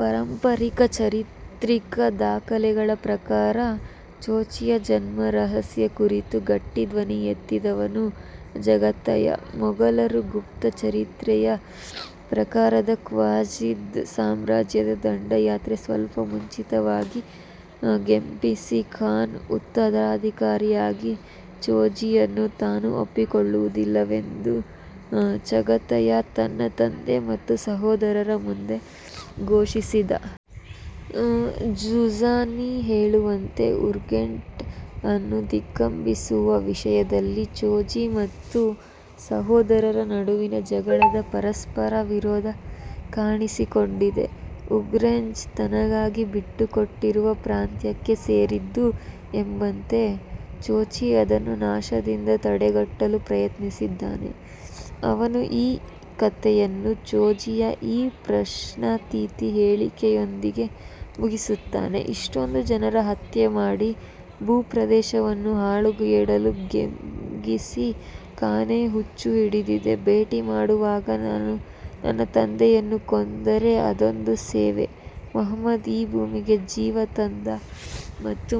ಪಾರಂಪರಿಕ, ಚಾರಿತ್ರಿಕ ದಾಖಲೆಗಳ ಪ್ರಕಾರ ಜೋಚಿಯ ಜನ್ಮರಹಸ್ಯ ಕುರಿತು ಗಟ್ಟಿ ಧ್ವನಿ ಎತ್ತಿದವನು ಚಗತಾಯ್. ಮಂಗೋಲರ ಗುಪ್ತ ಚರಿತ್ರೆಯ ಪ್ರಕಾರ ಖ್ವಾರೆಝ್ಮಿದ್ ಸಾಮ್ರಾಜ್ಯದ ದಂಡಯಾತ್ರೆಗೆ ಸ್ವಲ್ಪ ಮುಂಚಿತವಾಗಿ ಗೆಂಘಿಸ್ ಖಾನ್ನ ಉತ್ತರಾಧಿಕಾರಿಯಾಗಿ ಜೋಚಿಯನ್ನು ತಾನು ಒಪ್ಪಿಕೊಳ್ಳುವುದಿಲ್ಲವೆಂದು ಚಗತಾಯ್ ತನ್ನ ತಂದೆ ಮತ್ತು ಸಹೋದರರ ಮುಂದೆ ಘೋಷಿಸಿದ. ಜುಝ್ಜಾನಿ ಹೇಳುವಂತೆ ಉರ್ಗೆಂಚ್ ಅನ್ನು ದಿಗ್ಭಂಧಿಸುವ ವಿಷಯದಲ್ಲಿ ಜೋಚಿ ಮತ್ತು ಸಹೋದರರ ನಡುವಿನ ಜಗಳದಲ್ಲಿ ಪರಸ್ಪರ ವಿರೋಧ ಕಾಣಿಸಿಕೊಂಡಿದೆ. ಉರ್ಗೆಂಚ್ ತನಗಾಗಿ ಬಿಟ್ಟುಕೊಟ್ಟಿರುವ ಪ್ರಾಂತ್ಯಕ್ಕೆ ಸೇರಿದ್ದು ಎಂಬಂತೆ ಜೋಚಿ ಅದನ್ನು ನಾಶದಿಂದ ತಡೆಗಟ್ಟಲು ಪ್ರಯತ್ನಿಸಿದ್ದಾನೆ. ಅವನ ಈ ಕತೆಯನ್ನು ಜೋಚಿಯ ಈ ಪ್ರಶ್ನಾತೀತ ಹೇಳಿಕೆಯೊಂದಿಗೆ ಮುಗಿಸುತ್ತಾನೆ: " ಇಷ್ಟೊಂದು ಜನರ ಹತ್ಯೆ ಮಾಡಿ, ಭೂ ಪ್ರದೇಶವನ್ನು ಹಾಳುಗೆಡವಲು ಗೆಂಘಿಸ್ ಖಾನ್ಗೆ ಹುಚ್ಚು ಹಿಡಿದಿದೆ, ಭೇಟಿಮಾಡುವಾಗ ನಾನು ನನ್ನ ತಂದೆಯನ್ನು ಕೊಂದರೆ ಅದೊಂದು ಸೇವೆ, ಮೊಹಮ್ಮದ್ ಈ ಭೂಮಿಗೆ ಜೀವ ತಂದ ಮತ್ತು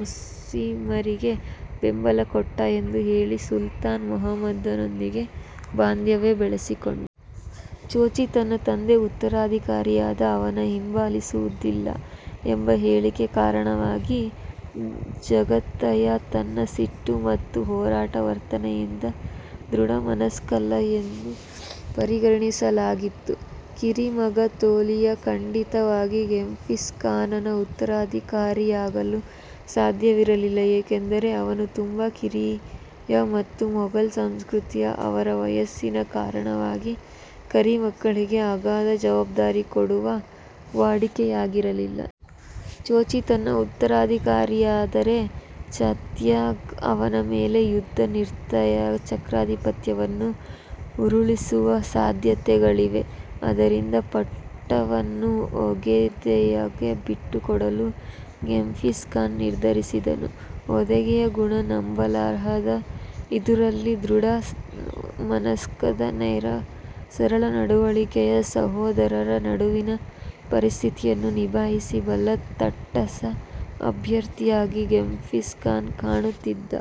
ಮುಸ್ಲಿಮರಿಗೆ ಬೆಂಬಲ ಕೊಟ್ಟ" ಎಂದು ಹೇಳಿ ಸುಲ್ತಾನ್ ಮೊಹಮ್ಮದನೊಂದಿಗೆ ಬಾಂಧವ್ಯ ಬೆಳೆಸಿಕೊಂಡ. ಜೋಚಿ ತನ್ನ ತಂದೆಯ ಉತ್ತರಾಧಿಕಾರಿಯಾದರೆ ಅವನನ್ನು ಹಿಂಬಾಲಿಸುವುದಿಲ್ಲ ಎಂಬ ಹೇಳಿಕೆಯ ಕಾರಣವಾಗಿ ಚಗತಾಯ್ ತನ್ನ ಸಿಟ್ಟು ಮತ್ತು ಒರಟು ವರ್ತನೆಯಿಂದ ದೃಢ ಮನಸ್ಕನಲ್ಲ ಎಂದು ಪರಿಗಣಿಸಲಾಗಿತ್ತು. ಕಿರಿಮಗ ತೊಲೂಯಿ ಖಂಡಿತವಾಗಿ ಗೆಂಘಿಸ್ ಖಾನನ ಉತ್ತರಾಧಿಕಾರಿಯಾಗಲು ಸಾಧ್ಯವಿರಲಿಲ್ಲ ಏಕೆಂದರೆ ಅವನು ತುಂಬಾ ಕಿರಿಯ ಮತ್ತು ಮಂಗೋಲ್ ಸಂಸ್ಕೃತಿಯಲ್ಲಿ ಅವರ ವಯಸ್ಸಿನ ಕಾರಣವಾಗಿ ಕಿರಿಮಕ್ಕಳಿಗೆ ಅಗಾಧ ಜವಾಬ್ಧಾರಿ ಕೊಡುವುದು ವಾಡಿಕೆಯಾಗಿರಲಿಲ್ಲ. ಜೋಚಿ ತನ್ನ ಉತ್ತರಾಧಿಕಾರಿಯಾದರೆ, ಚಗತಾಯ್ ಅವನ ಮೇಲೆ ಯುದ್ಧ ನಿರತವಾಗಿ ಚಕ್ರಾಧಿಪತ್ಯವನ್ನು ಉರುಳಿಸುವ ಸಾಧ್ಯತೆಗಳಿದ್ದವು. ಆದ್ದರಿಂದ ಪಟ್ಟವನ್ನು ಒಗೆದೆಯ್ಗೆ ಬಿಟ್ಟುಕೊಡಲು ಗೆಂಘಿಸ್ ಖಾನ್ ನಿರ್ಧರಿಸಿದನು. ಒಗೆದೆಯ್ ಗುಣದಲ್ಲಿ ನಂಬಲರ್ಹವಾದ, ಇದ್ದುದರಲ್ಲಿ ದೃಢಮನಸ್ಕನಾದ ಸರಳ ನಡವಳಿಕೆಯ ಸಹೋದರರ ನಡುವಿನ ಪರಿಸ್ಥಿತಿಯನ್ನು ನಿಭಾಯಿಸ ಬಲ್ಲ ತಟಸ್ಥ ಅಭ್ಯರ್ಥಿಯಾಗಿ ಗೆಂಘಿಸ್ ಖಾನ್ಗೆ ಕಾಣುತ್ತಿದ್ದ.